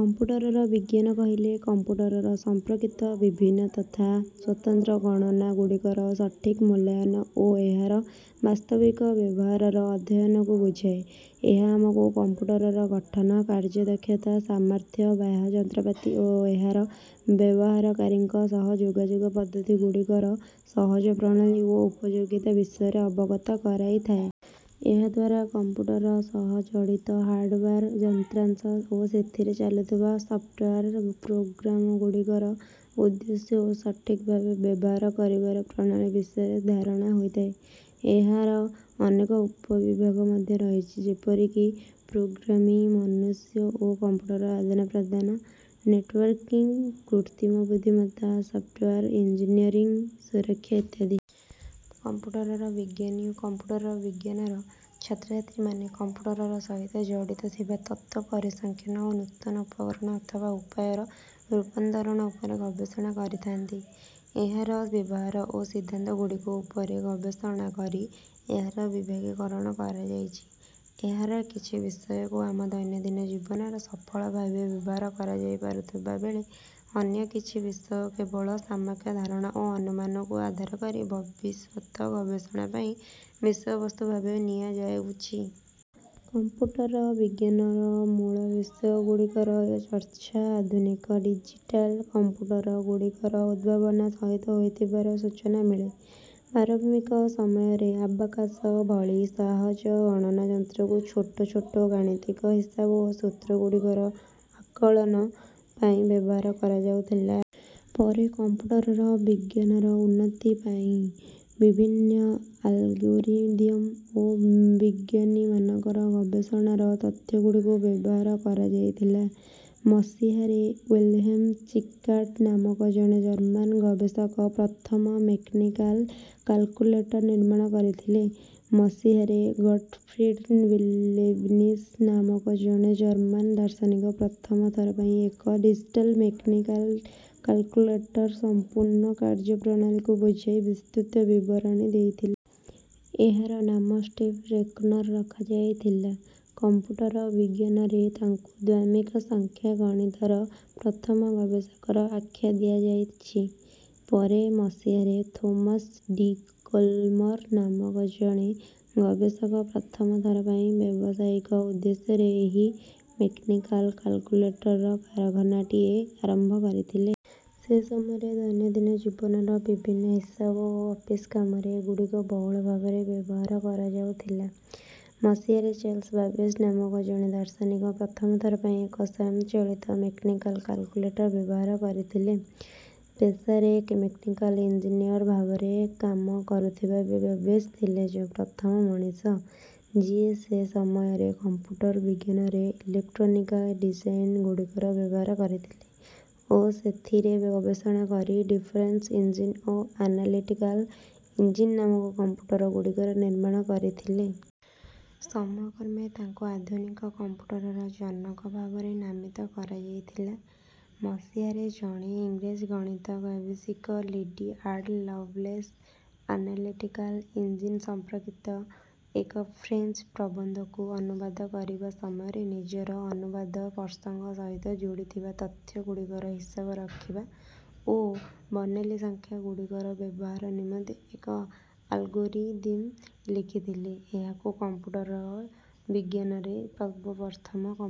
Computer ବିଜ୍ଞାନ କହିଲେ computer ସମ୍ପର୍କିତ ବିଭିନ୍ନ ତଥା ସ୍ୱତନ୍ତ୍ର ଗଣନା ଗୁଡ଼ିକର ସଠିକ ମୂଲ୍ୟାୟନ ଓ ଏହାର ବାସ୍ତବିକ ବ୍ୟବହାରର ଅଧ୍ୟୟନକୁ ବୁଝାଏ। ଏହା ଆମକୁ କମ୍ପ୍ୟୁଟରର ଗଠନ, କାର୍ଯ୍ୟ ଦକ୍ଷତା, ସାମର୍ଥ୍ୟ, ବାହ୍ୟ ଯନ୍ତ୍ରପାତି ଓ ଏହାର ବ୍ୟବହାରକାରୀଙ୍କ ସହ ଯୋଗାଯୋଗ ପଦ୍ଧତି ଗୁଡ଼ିକର ସହଜ ପ୍ରଣାଳୀ ଓ ଉପଯୋଗିତା ବିଷୟରେ ଅବଗତ କରାଇଥାଏ। ଏହାଦ୍ୱାରା କମ୍ପ୍ୟୁଟର ସହ ଜଡ଼ିତ ହାର୍ଡୱେର ଯନ୍ତ୍ରାଂଶ ଓ ସେଥିରେ ଚାଲୁଥିବା ସଫ୍ଟୱେର ପ୍ରୋଗ୍ରାମଗୁଡ଼ିକର ଉଦ୍ଦେଶ୍ୟ ଓ ସଠିକ ଭାବେ ବ୍ୟବହାର କରିବାର ପ୍ରଣାଳୀ ବିଷୟରେ ଧାରଣା ହୋଇଥାଏ। ଏହାର ଅନେକ ଉପ ବିଭାଗ ମଧ୍ୟ ରହିଛି, ଯେପରିକି ପ୍ରୋଗ୍ରାମିଂ, ମନୁଷ୍ୟ ଓ କମ୍ପ୍ୟୁଟର ଆଦାନ ପ୍ରଦାନ, ନେଟୱର୍କିଂ, କୃତ୍ରିମ ବୁଦ୍ଧିମତ୍ତା, ସଫ୍ଟୱେର ଇଞ୍ଜିନିୟରିଂ, ସୁରକ୍ଷା ଇତ୍ୟାଦି। କମ୍ପ୍ୟୁଟର ବିଜ୍ଞାନୀ ଓ କମ୍ପ୍ୟୁଟର ବିଜ୍ଞାନର ଛାତ୍ରଛାତ୍ରୀମାନେ କମ୍ପ୍ୟୁଟର ସହିତ ଜଡ଼ିତ ଥିବା ତତ୍ତ୍ୱ, ପରିସଂଖ୍ୟାନ ଓ ନୂତନ ଉପକରଣ ଅଥବା ଉପାୟର ରୂପାନ୍ତରଣ ଉପରେ ଗବେଷଣା କରିଥାନ୍ତି। ଏହାର ବ୍ୟବହାର ଓ ସିଦ୍ଧାନ୍ତ ଗୁଡ଼ିକ ଉପରେ ଗବେଷଣା କରି ଏହାର ବିଭାଗୀକରଣ କରାଯାଇଛି। ଏହାର କିଛି ବିଷୟକୁ ଆମର ଦୈନନ୍ଦିନ ଜୀବନରେ ସଫଳ ଭାବେ ବ୍ୟବହାର କରାଯାଇପାରୁଥିବା ବେଳେ, ଅନ୍ୟ କିଛି ବିଷୟକୁ କେବଳ ସମ୍ୟକ ଧାରଣା ଓ ଅନୁମାନକୁ ଆଧାର କରି ଭବିଷ୍ୟତରେ ଗବେଷଣା ପାଇଁ ବିଷୟବସ୍ତୁ ଭାବରେ ନିଆଯାଉଛି। କମ୍ପ୍ୟୁଟର ବିଜ୍ଞାନର ମୂଳ ବିଷୟ ଗୁଡ଼ିକର ଚର୍ଚ୍ଛା, ଆଧୁନିକ ଡିଜିଟାଲ କମ୍ପ୍ୟୁଟର ଗୁଡ଼ିକର ଉଦ୍ଭାବନ ସହିତ ହୋଇଥିବାର ସୂଚନା ମିଳେ। ପ୍ରାରମ୍ଭିକ ସମୟରେ ଆବାକସ ଭଳି ସହଜ ଗଣନ ଯନ୍ତ୍ରକୁ ଛୋଟ ଛୋଟ ଗାଣିତିକ ହିସାବ ଓ ସୂତ୍ର ଗୁଡ଼ିକର ଆକଳନ ପାଇଁ ବ୍ୟବହାର କରାଯାଉଥିଲା। ପରେ କମ୍ପ୍ୟୁଟରର ବିଜ୍ଞାନର ଉନ୍ନତି ପାଇଁ ବିଭିନ୍ନ ଆଲଗୋରିଦିଅମ ଓ ବିଜ୍ଞାନୀମାନଙ୍କର ଗବେଷଣାର ତଥ୍ୟ ଗୁଡ଼ିକୁ ବ୍ୟବହାର କରାଯାଇଥିଲା। ମସିହାରେ ୱିଲହେମ ଚିକାର୍ଡ ନାମକ ଜଣେ ଜର୍ମାନ ଗବେଷକ ପ୍ରଥମେ ମେକାନିକାଲ କାଲକୁଲେଟର ନିର୍ମାଣ କରିଥିଲେ। ମସିହାରେ ଗଟଫ୍ରିଡ ଲେବିନିଜ ନାମକ ଜଣେ ଜର୍ମାନ ଦାର୍ଶନିକ ପ୍ରଥମ ଥର ପାଇଁ ଏକ ଡିଜିଟାଲ ମେକାନିକାଲ କାଲକୁଲେଟରର ସମ୍ପୂର୍ଣ୍ଣ କାର୍ଯ୍ୟ ପ୍ରଣାଳୀକୁ ବୁଝାଇ ବିସ୍ତୃତ ବିବରଣୀ ଦେଇଥିଲେ। ଏହାର ନାମ ଷ୍ଟେପ ରେକୋନର ରଖାଯାଇଥିଲା। କମ୍ପ୍ୟୁଟର ବିଜ୍ଞାନରେ ତାଙ୍କୁ ଦ୍ୱିମିକ ସଂଖ୍ୟା ଗଣିତର ପ୍ରଥମ ଗବେଷକର ଆଖ୍ୟା ଦିଆଯାଇଛି। ପରେ ମସିହାରେ ଥୋମାସ ଡି କୋଲମର ନାମକ ଜଣେ ଗବେଷକ ପ୍ରଥମ ଥର ପାଇଁ ବ୍ୟବସାୟିକ ଉଦ୍ଦେଶ୍ୟରେ ଏହି ମେକାନିକାଲ କାଲକୁଲେଟର କାରଖାନାଟିଏ ଆରମ୍ଭ କରିଥିଲେ। ସେ ସମୟରେ ଦୈନନ୍ଦିନ ଜୀବନର ବିଭିନ୍ନ ହିସାବ ଓ ଅଫିସ କାମରେ ଏଗୁଡ଼ିକୁ ବହୁଳ ଭାବରେ ବ୍ୟବହାର କରାଯାଉଥିଲା। ମସିହାରେ ଚାର୍ଲ୍ସ ବାବେଜ ନାମକ ଜଣେ ଦାର୍ଶନିକ ପ୍ରଥମ ଥର ପାଇଁ ଏକ ସ୍ୱୟଂଚାଳିତ ମେକାନିକାଲ କାଲକୁଲେଟର ବ୍ୟବହାର କରିଥିଲେ। ପେସାରେ ମେକାନିକାଲ ଇଞ୍ଜିନିୟର ଭାବରେ କାମ କରୁଥିବା ବାବେଜ ଥିଲେ ପ୍ରଥମ ମଣିଷ, ଯିଏ ସେ ସମୟରେ କମ୍ପ୍ୟୁଟର ବିଜ୍ଞାନରେ ଇଲେକ୍ଟ୍ରୋନିକ ଡିଜାଇନ ଗୁଡ଼ିକର ବ୍ୟବହାର କରିଥିଲେ ଓ ସେଥିରେ ଗବେଷଣା କରି ଡିଫରେନ୍ସ ଇଞ୍ଜିନ ଓ ଆନାଲିଟିକାଲ ଇଞ୍ଜିନ ନାମକ କମ୍ପ୍ୟୁଟର ଗୁଡ଼ିକର ନିର୍ମାଣ କରିଥିଲେ। ସମୟ କ୍ରମେ ତାଙ୍କୁ ଆଧୁନିକ କମ୍ପ୍ୟୁଟରର ଜନକ ଭାବରେ ନାମିତ କରାଯାଇଥିଲା। ମସିହାରେ ଜଣେ ଇଂରେଜ ଗଣିତ ଗବେଷିକା lady Ada Lovelace, analytical engine ସମ୍ପର୍କିତ ଏକ ଫ୍ରେଞ୍ଚ ପ୍ରବନ୍ଧକୁ ଅନୁବାଦ କରିବା ସମୟରେ ନିଜର ଅନୁବାଦ ପ୍ରସଙ୍ଗ ସହିତ ଯୋଡ଼ିଥିବା ତଥ୍ୟ ଗୁଡ଼ିକର ହିସାବ ରଖିବା ଓ ବର୍ଣ୍ଣୋଲି ସଂଖ୍ୟା ଗୁଡ଼ିକର ବ୍ୟବହାର ନିମନ୍ତେ ଏକ ଆଲଗୋରିଦିମ ଲେଖିଥିଲେ। ଏହାକୁ କମ୍ପ୍ୟୁଟର ବିଜ୍ଞାନରେ ସର୍ବପ୍ରଥମ କମ୍ପ୍ୟ